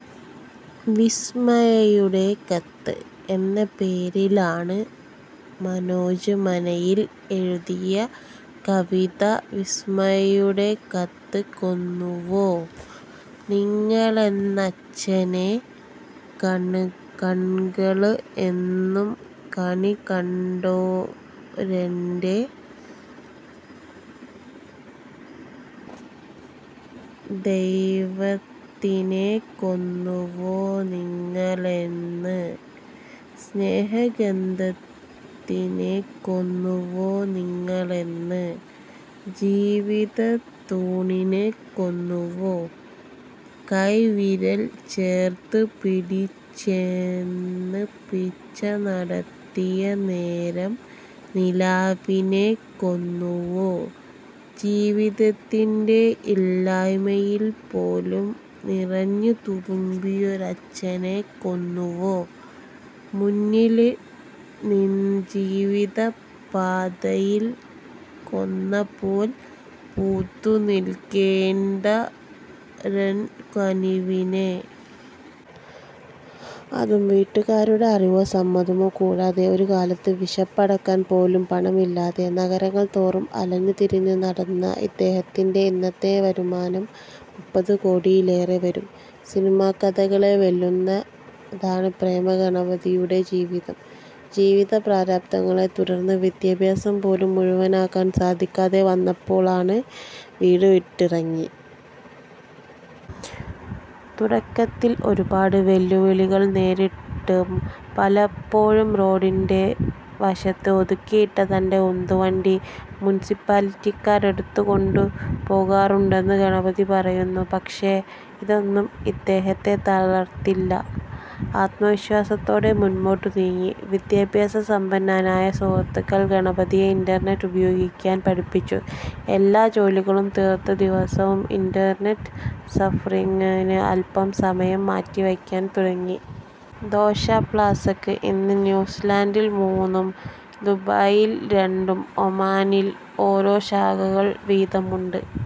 ' വിസ്മയയുടെ കത്ത് ' എന്ന പേരില് മനോജ് മനയില് എഴുതിയ കവിത വിസ്മയയുടെ കത്ത് കൊന്നുവോ നിങ്ങളെന്നച്ഛനെ, കണ്ണുകള് എന്നും കണികണ്ടൊരെന്റെ ദൈവത്തിനെ. കൊന്നുവോ നിങ്ങളെന് സ്നേഹഗന്ധത്തിനെ, കൊന്നുവോ നിങ്ങളെന് ജീവിതത്തൂണിനെ. കൊന്നുവോ, കൈവിരല് ചേര്ത്തു പിടിച്ചെന്നെ പിച്ചനടത്തിയ നേരാം നിലാവിനെ. കൊന്നുവോ, ജീവിതത്തിന്റെയില്ലായ്മയില് പോലും നിറഞ്ഞു തുളുമ്പിയോരച്ഛനെ. കൊന്നുവോ, മുന്നിലെ ജീവിതപ്പാതയില് കൊന്നപോല് പൂത്തു നില്ക്കേണ്ടൊരെന് കനവിനെ. അതും വീട്ടുകാരുടെ അറിവോ സമ്മതമോ കൂടാതെ. ഒരുകാലത്ത് വിശപ്പടക്കാന് പോലും പണമില്ലാതെ നഗരങ്ങള് തോറും അലഞ്ഞു തിരിഞ്ഞു നടന്ന ഇദ്ദേഹത്തിന്റെ ഇന്നത്തെ മാസവരുമാനം മുപ്പത് കോടിയിലേറെ വരും. സിനിമാക്കഥകളെ വെല്ലുന്നതാണ് പ്രേമ ഗണപതിയുടെ ജീവിതം. ജീവിത പ്രാരാബ്ധങ്ങളെ തുടര്ന്ന് വിദ്യാഭ്യാസം പോലും മുഴുവനാകാന് സാധിക്കാതെ വന്നപ്പോള് വീടു വിട്ടിറങ്ങി. തുടക്കത്തില് ഒരുപാട് വെല്ലുവിളികള് നേരിട്ടു. പലപ്പോഴും റോഡിന്റെ വശത്ത് ഒതുക്കിയിട്ട തന്റെ ഉന്തുവണ്ടി മുനിസിപ്പാലിറ്റിക്കാർ എടുത്തു കൊണ്ടുപോകാറുണ്ടെന്ന് ഗണപതി പറയുന്നു. പക്ഷെ ഇതൊന്നും ഇദ്ദേഹത്തെ തകര്ത്തില്ല. ആത്മ വിശ്വാസത്തോടെ മുന്പോട്ട് നീങ്ങി. വിദ്യാസമ്പന്നരായ സുഹൃത്തുക്കള് ഗണപതിയെ ഇന്റര്നെറ്റ് ഉപേയോഗിക്കാന് പഠിപ്പിച്ചു. എല്ലാ ജോലികളും തീര്ത്ത് ദിവസവും ഇന്റര്നെറ്റ് സര്ഫിങ്ങിന് അല്പ്പനേരം മാറ്റിവയ്ക്കാന് തുടങ്ങി. ദോശ പ്ലാസക്ക് ഇന്ന് ന്യൂസീലൻഡിൽ മൂന്നും ദുബായില് രണ്ടും ഒമാനില് ഓരോ ശാഖകള് വീതവുമുണ്ട്.